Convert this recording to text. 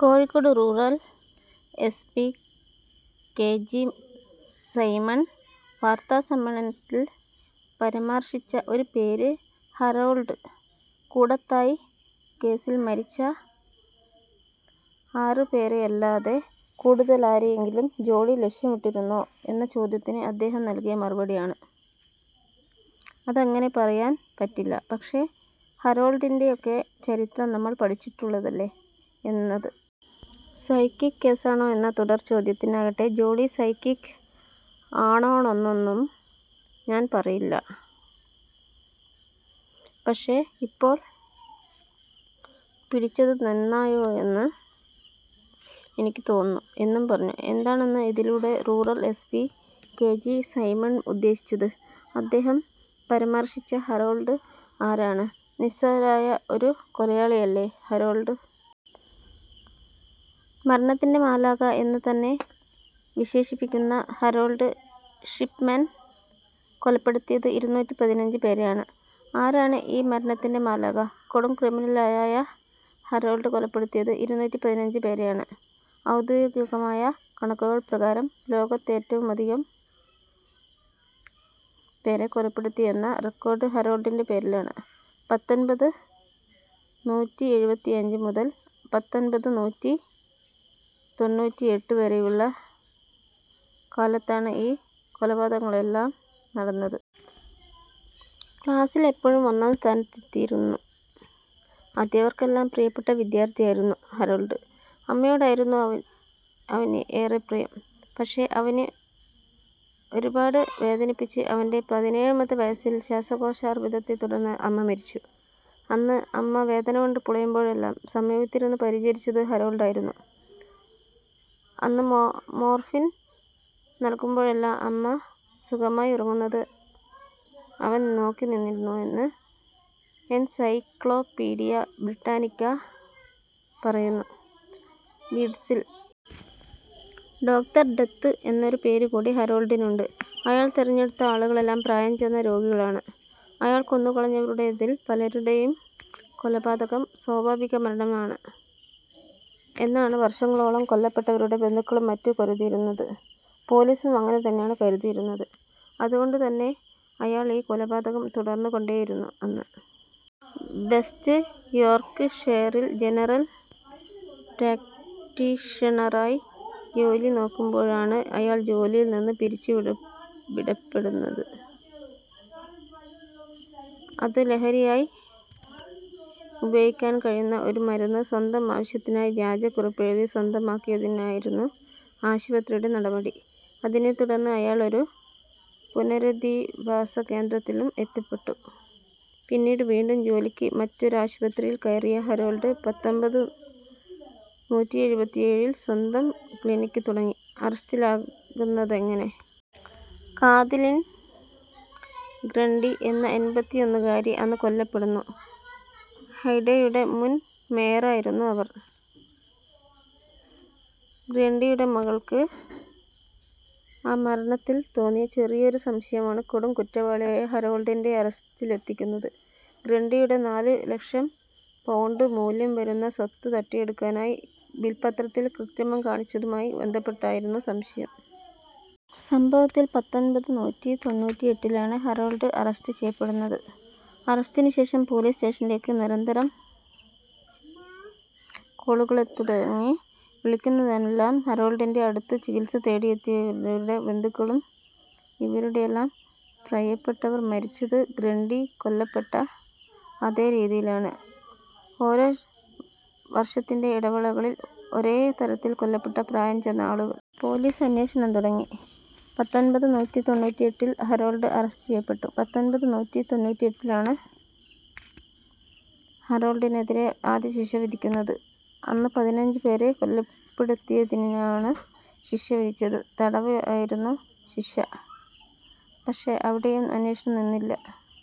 Kozhikode rural S P K G Simon വാർത്താസമ്മേളനത്തിൽ പരാമർശിച്ച ഒരു പേര് ഹാരോൾഡ്. കൂടത്തായി കേസിൽ മരിച്ച ആറു പേരെയല്ലാതെ കൂടുതലാരെയെങ്കിലും ജോളി ലക്ഷ്യമിട്ടിരുന്നോ എന്ന ചോദ്യത്തിന് അദ്ദേഹം നൽകിയ മറുപടിയാണ്, അതങ്ങനെ പറയാൻ പറ്റില്ല. പക്ഷേ, ഹാരോൾഡിൻ്റെയൊക്കെ ചരിത്രം നമ്മൾ പഠിച്ചിട്ടുള്ളതല്ലേ എന്നത്. സൈക്കിക് കേസാണോ എന്ന തുടർചോദ്യത്തിനാകട്ടെ, ജോളി സൈക്കിക്ക് ആണെന്നൊന്നും ഞാൻ പറയില്ല, പക്ഷേ, ഇപ്പോൾ പിടിച്ചത് നന്നായെന്ന് എനിക്ക് തോന്നുന്നു എന്നും പറഞ്ഞു. എന്താണ് ഇതിലൂടെ rural S P K G Simon ഉദ്ദേശിച്ചത്. അദ്ദേഹം പരാമർശിച്ച ഹാരോൾഡ് ആരാണ്. നിസ്സാരനായ ഒരു കൊലയാളിയല്ല ഹാരോൾഡ്. മരണത്തിൻ്റെ മാലാഖ എന്ന് തന്നെ വിശേഷിപ്പിക്കുന്ന ഹാരോൾഡ് ഷിപ്മെൻ കൊലപ്പെടുത്തിയത് ഇരുനൂറ്റി പതിനഞ്ച് പേരെയാണ്. ആരാണ് ഈ മരണത്തിൻ്റെ മാലാഖ. കൊടുംക്രിമിനലായ ഹാരോൾഡ് കൊലപ്പെടുത്തിയത് ഇരുനൂറ്റി പതിനഞ്ച് പേരെയാണ്. ഔദ്യോഗികമായ കണക്കുകൾ പ്രകാരം ലോകത്തേറ്റവുമധികം പേരെ കൊലപ്പെടുത്തിയെന്ന റെക്കോർഡ് ഹാരോൾഡിൻ്റെ പേരിലാണ്. പത്തൊൻപത് നൂറ്റി എഴുപത്തിയഞ്ച് മുതൽ പത്തൊൻപത് നൂറ്റി തൊണ്ണൂറ്റിയെട്ട് വരെയുള്ള കാലത്താണ് ഈ കൊലപാതകങ്ങളെല്ലാം നടന്നത്. ക്ലാസിൽ എപ്പോഴും ഒന്നാം സ്ഥാനത്തെത്തിയിരുന്നു. അധ്യാപകർക്കെല്ലാം പ്രിയപ്പെട്ട വിദ്യാർഥിയായിരുന്നു ഹാരോൾഡ്. അമ്മയോടായിരുന്നു അവന് ഏറെ പ്രിയം. പക്ഷേ, അവനെ ഒരുപാട് വേദനിപ്പിച്ച് അവൻ്റെ പതിനേഴാമത്തെ വയസ്സിൽ ശ്വാസകോശാർബുദത്തെ തുടർന്ന് അമ്മ മരിച്ചു. അന്ന് അമ്മ വേദനകൊണ്ട് പുളയുമ്പോഴെല്ലാം സമീപത്തിരുന്ന് പരിചരിച്ചത് ഹാരോൾഡായിരുന്നു. അന്ന് മോർഫിൻ നൽകുമ്പോഴെല്ലാം അമ്മ സുഖമായി ഉറങ്ങുന്നത് അവൻ നോക്കിനിന്നിരുന്നു എന്ന് എൻസൈക്ലോപീഡിയ ബ്രിട്ടാനിക്ക പറയുന്നു. ലീഡ്സിൽ ഡോക്ടർ ഡെത്ത് എന്നൊരു പേര് കൂടി ഹാരോൾഡിനുണ്ട്. അയാൾ തെരഞ്ഞെടുത്ത ആളുകളെല്ലാം പ്രായം ചെന്ന രോഗികളാണ്. അയാൾ കൊന്നുകളഞ്ഞവരുടേതിൽ പലരുടെയും കൊലപാതകം സ്വാഭാവിക മരണമാണ് എന്നാണ് വർഷങ്ങളോളം കൊല്ലപ്പെട്ടവരുടെ ബന്ധുക്കളും മറ്റും കരുതിയിരുന്നത്. പൊലീസും അങ്ങനെ തന്നെയാണ് കരുതിയിരുന്നത്. അതുകൊണ്ടുതന്നെ അയാൾ ഈ കൊലപാതകം തുടർന്നുകൊണ്ടേയിരുന്നു. അന്ന് വെസ്റ്റ് യോർക്ക്ഷയറിൽ ജനറൽ പ്രാക്ടീഷണറായി ജോലിനോക്കുമ്പോഴാണ് അയാൾ ജോലിയിൽ നിന്ന് പിരിച്ചുവിടപ്പെടുന്നത്. അത് ലഹരിയായി ഉപയോഗിക്കാൻ കഴിയുന്ന ഒരു മരുന്ന് സ്വന്തം ആവശ്യത്തിനായി വ്യാജ കുറിപ്പെഴുതി സ്വന്തമാക്കിയതിനായിരുന്നു ആശുപത്രിയുടെ നടപടി. അതിനെത്തുടർന്ന് അയാൾ ഒരു പുനരധിവാസകേന്ദ്രത്തിലും എത്തപ്പെട്ടു. പിന്നീട് വീണ്ടും ജോലിക്ക് മറ്റൊരാശുപത്രിയിൽ കയറിയ ഹാരോൾഡ് പത്തൊൻപത് നൂറ്റി എഴുപത്തിയേഴിൽ സ്വന്തം ക്ലിനിക്ക് തുടങ്ങി. അറസ്റ്റിലാകുന്നതെങ്ങനെ. കാത്‌ലീൻ ഗ്രണ്ടി എന്ന എൺപത്തിയൊന്നുകാരി അന്ന് കൊല്ലപ്പെടുന്നു. ഹൈഡെയുടെ മുൻ മേയറായിരുന്നു അവർ. ഗ്രണ്ടിയുടെ മകൾക്ക് ആ മരണത്തിൽ തോന്നിയ ചെറിയൊരു സംശയമാണ് കൊടുംകുറ്റവാളിയായ ഹാരോൾഡിൻ്റെ അറസ്റ്റിലെത്തിക്കുന്നത്. ഗ്രണ്ടിയുടെ നാല് ലക്ഷം പൗണ്ട് മൂല്യം വരുന്ന സ്വത്ത് തട്ടിയെടുക്കാനായി വിൽപത്രത്തിൽ കൃത്രിമം കാണിച്ചതുമായി ബന്ധപ്പെട്ടായിരുന്നു സംശയം. സംഭവത്തിൽ പത്തൊൻപത് നൂറ്റി തൊണ്ണൂറ്റിയെട്ടിലാണ് ഹാരോൾഡ് അറസ്റ്റ് ചെയ്യപ്പെടുന്നത്. അറസ്റ്റിനുശേഷം പൊലീസ് സ്റ്റേഷനിലേക്ക് നിരന്തരം കോളുകളെത്തിത്തുടങ്ങി. വിളിക്കുന്നതെല്ലാം ഹാരോൾഡിൻ്റെ അടുത്ത് ചികിത്സ തേടിയെത്തിയിരുന്നവരുടെ ബന്ധുക്കളും. ഇവരുടെയെല്ലാം പ്രിയപ്പെട്ടവർ മരിച്ചത് ഗ്രണ്ടി കൊല്ലപ്പെട്ട അതേ രീതിയിലാണ്. ഓരോ വർഷത്തിൻ്റെ ഇടവേളകളിൽ ഒരേ തരത്തിൽ കൊല്ലപ്പെട്ട പ്രായം ചെന്ന ആളുകൾ. പൊലീസ് അന്വേഷണം തുടങ്ങി. പത്തൊൻപത് നൂറ്റി തൊണ്ണൂറ്റിയെട്ടിൽ ഹാരോൾഡ് അറസ്റ്റ് ചെയ്യപ്പെട്ടു. പത്തൊൻപത് നൂറ്റി തൊണ്ണൂറ്റിയെട്ടിലാണ് ഹാരോൾഡിനെതിരെ ആദ്യശിക്ഷ വിധിക്കുന്നത്. അന്ന് പതിനഞ്ച് പേരെ കൊലപ്പെടുത്തിയതിനാണ് ശിക്ഷ വിധിച്ചത്. തടവായിരുന്നു ശിക്ഷ. പക്ഷേ, അവിടെയും അന്വേഷണം നിന്നില്ല.